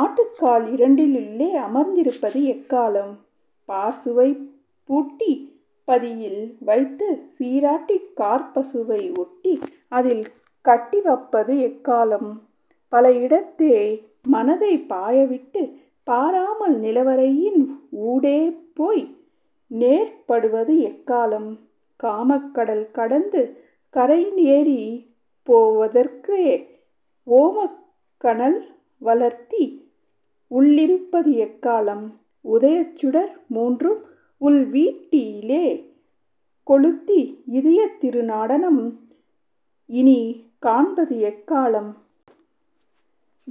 ஆட்டுக்கால் இரண்டினுள்ளே அமர்ந்திருப்பது எக்காலம்? பாற்சுவைப் பூட்டிப் பதியில் வைத்துச் சீராட்டிக் காற்பசுவை ஓட்டி அதில் கட்டி வப்பது எக்காலம்? பல இடத்தே மனதைப் பாயவிட்டுப் பாராமல் நிலவரையின் ஊடேபோய் நேர்படுவது எக்காலம்? காமக் கடல்கடந்து கரைஏறிப் போவதற்கே ஓமக் கனல்வளர்த்தி உள்ளிருப்பது எக்காலம்? உதயச் சுடர் மூன்றும் உள்வீட்டி லே கொளுத்தி இதயத் திருநடனம் இனிக்காண்பது எக்காலம்?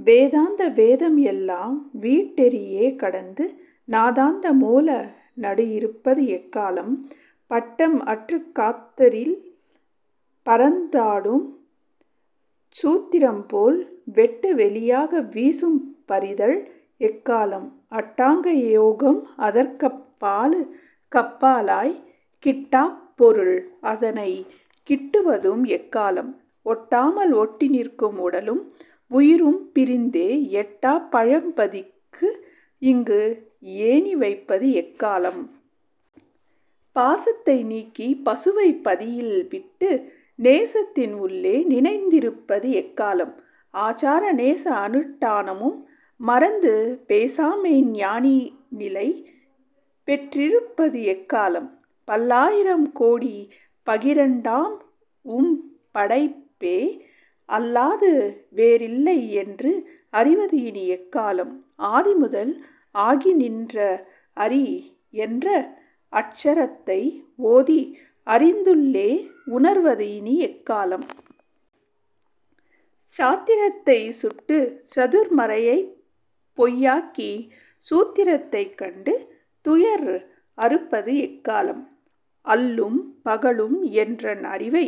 வேதாந்த வேதம் எல்லாம் வீட்டேறியே கடந்து நாதாந்த மூல நடு இருப்பது எக்காலம்? பட்டம் அற்றுக் காதற்றில் பறந்தாடும் சூத்திரம் போல் வெட்டு வெளியாக விசும்பறிதல் எக்காலம்? அட்டாங்கயோகம் அதற்கப்பாலுக் கப்பாலாய் கிட்டாப் பொருள் அதனைக் கிட்டுவதும் எக்காலம்? ஒட்டாமல் ஒட்டிநிற்கும் உடலும் உயிரும்பிரிந்தே எட்டாப் பழம்பதிக்கு இங்கு ஏணிவைப்பது எக்காலம்? பாசத்தை நீக்கி பசுவைப் பதியில்விட்டு நேசத்தின் உள்ளே நினைந்திருப்பது எக்காலம்? ஆசார நேச அனுட்டானமும் மறந்து பேசாமெய்ஞ் ஞானநிலை பெற்றிருப்பது எக்காலம்? பல்லாயிரம் கோடிப் பகிரண்டம் உம்படைப்பே அல்லாது வேறில்லை என்று அறிவது இனி எக்காலம்? ஆதிமுதல் ஆகிநின்ற அரிஎன்ற அட்சரத்தை ஓதி அறிந்துள்ளே உணர்வது இனி எக்காலம்? சாத்திரத்தைச் சுட்டுச் சதுர்மறையைப் பொய்யாக்கிச் சூத்திரத்தைக் கண்டு துயர் அறுப்பது எக்காலம்? அல்லும் பகலும் என்றன் அறிவை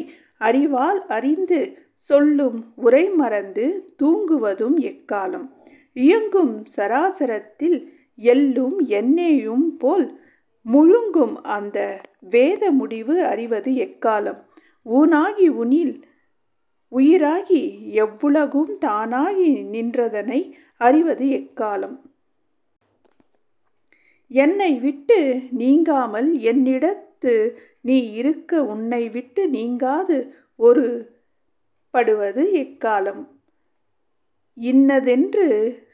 அறிவால் அறிந்து சொல்லும் உரைமறந்து தூங்குவதும் எக்காலம்? இயங்கும் சராசரத்தில் எள்ளும் எண்ணெ யும்போல முயங்கும் அந்த வேத முடிவு அறிவது எக்காலம்? ஊனாகி ஊனில் உயிராகி எவ்வுலகும் தானாகி நின்றதனை அறிவது எக்காலம்? என்னை விட்டு நீங்காமல் என்னிடத்து நீ இருக்க உன்னை விட்டு நீங்காது ஒருப்படுவது எக்காலம்? இன்னதென்று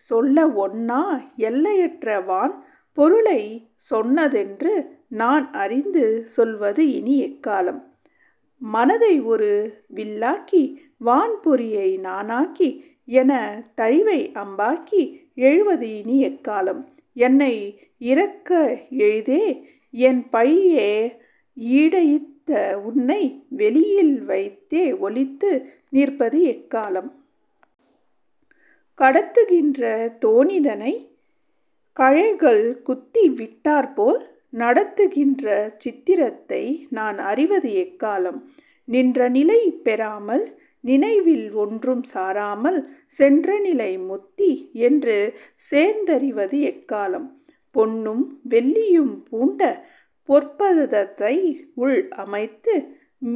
சொல்லஒண்ணா எல்லையற்ற வான் பொருளைச் சொன்னதென்று நான் அறிந்து சொல்வது இனி எக்காலம்? மனதைஒரு வில்லாக்கி வான்பொறியை நாணாக்கி என தறிவைஅம்பாக்கி எய்வது இனி எக்காலம்? என்னை இறக்கஎய்தே என்பழியை ஈடழித்த உன்னை வெளியில் வைத்தேஒளித்து நிற்பது எக்காலம்? கடத்துகின்ற தோணிதனைக் கழைகள் குத்தி விட்டாற்போல் நடத்துகின்ற சித்திரத்தை நான்அறிவது எக்காலம்? நின்றநிலை பேராமல், நினைவில்ஒன்றும் சாராமல் சென்றநிலை முத்தி என்று சேர்ந்தறிவது எக்காலம்? பொன்னும் வெள்ளியும் பூண்ட பொற்பதத்தைஉள் அமைத்து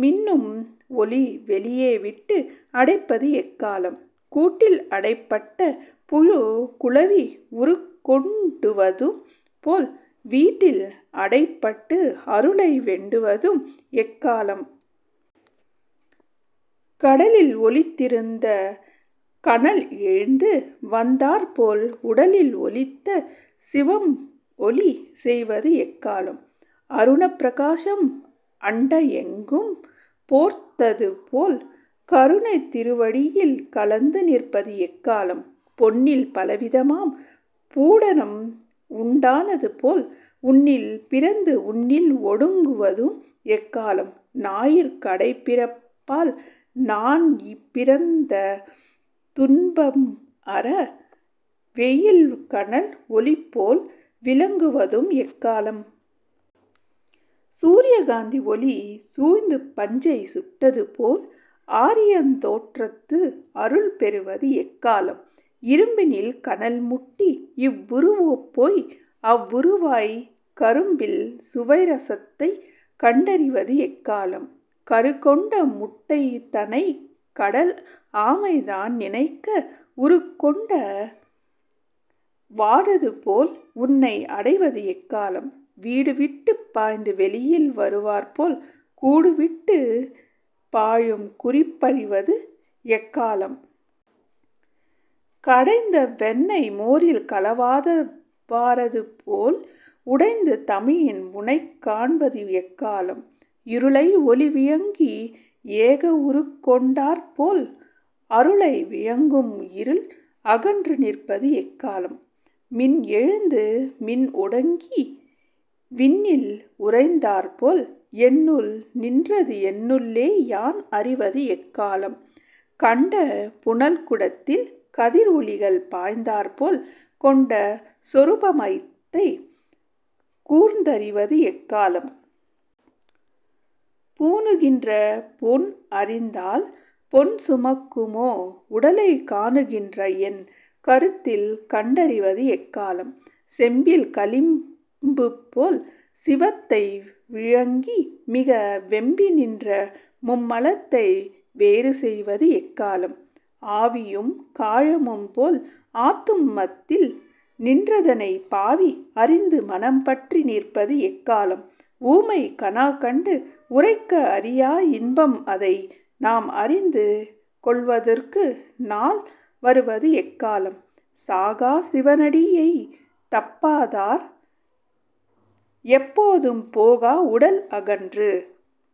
மின்னும் ஒளிவெளியே விட்டு அடைப்பது எக்காலம்? கூட்டில் அடைப்பட்ட புழு குளவி உருக்கொண்டதுபோல் வீட்டில்அடை பட்டுஅருளை வேண்டுவதும் எக்காலம்? கடலில்ஒளித்திருந்த கனல்எழுந்து வந்தாற்போல் உடலில்ஒளித்த சிவம்ஒளி செய்வது எக்காலம்? அருணப் பிரகாசம் அண்டஎங்கும் போர்த்தது போல் கருணைத் திருவடியில் கலந்து நிற்பது எக்காலம்? பொன்னில் பலவிதமாம் பூடணம்உண்டானது போல் உன்னில் பிறந்து உன்னில்ஒடுங்குவதும் எக்காலம்? நாயிற் கடைப்பிறப்பால் நான்பிறந்த துன்பம்அற வேயில் கனல் ஒளிபோல் விளங்குவதும் எக்காலம்? சூரியகாந்தி ஒளி சூழ்ந்து பஞ்சைச் சுட்டதுபோல் ஆரியந்தோற்றத்து அருள் பெறுவது எக்காலம்? இரும்பினில் கனல்மூட்டி இவ்வுருபோய் அவ்வுருவாய்க் கரும்பில் சுவைரசத்தைக் கண்டறிவது எக்காலம்? கருக்கொண்ட முட்டைதனைக் கடல் ஆமைதான் நினைக்க உருக்கொண்ட வாறதுபோல்உனை அடைவது எக்காலம்? வீடுவிட்டு பாய்ந்து வெளியில் வருவார்போல் கூடுவிட்டுப் பாயும் குறிப்பறிவது எக்காலம்? கடைந்த வெண்ணய் மோரில் கலவாதவாறதுபோல் உடைந்து தமியேன் உனைக்காண்பது எக்காலம்? இருளை ஒளி விழுங்கி ஏகஉருக் கொண்டாற்போல் அருளை விழுங்கும்இருள் அகன்று நிற்பது எக்காலம்? மின் எழுந்து மின்ஒடுங்கி விண்ணில் உறைந்தாற்போல் என்னுள் நின்றதுஎன்னுள்ளே யான் அறிவது எக்காலம்? கண்ட புனல்குடத்தில் கதிர் ஒளிகள் பாய்ந்தாற்போல் கொண்ட சொரூபமதைக் கூர்ந்தறிவது எக்காலம்? பூணுகின்ற பொன் அணிந்தால் பொன்சுமக்குமோ உடலை காணுகின்றஎன் கருத்தில் கண்டறிவது எக்காலம்? செம்பில் களிம்புபோல் சிவத்தைவிழுங்கி மிக வெம்பி நின்ற மும்மலத்தை வேறுசெய்வது எக்காலம்? ஆவியும் காயமும்போல் ஆத்துமத்தில் நின்றதனை பாவிஅறிந்து மனம் பற்றி நிற்பது எக்காலம்? ஊமை கனாக்கண்டு உரைக்கஅறியா இன்பம்அதை நாம்அறிந்து கொள்வதற்கு நாள் வருவதுஎக்காலம்? சாகாச் சிவனடியைத் தப்பாதார் எப்போதும் போகா உடல்அகன்று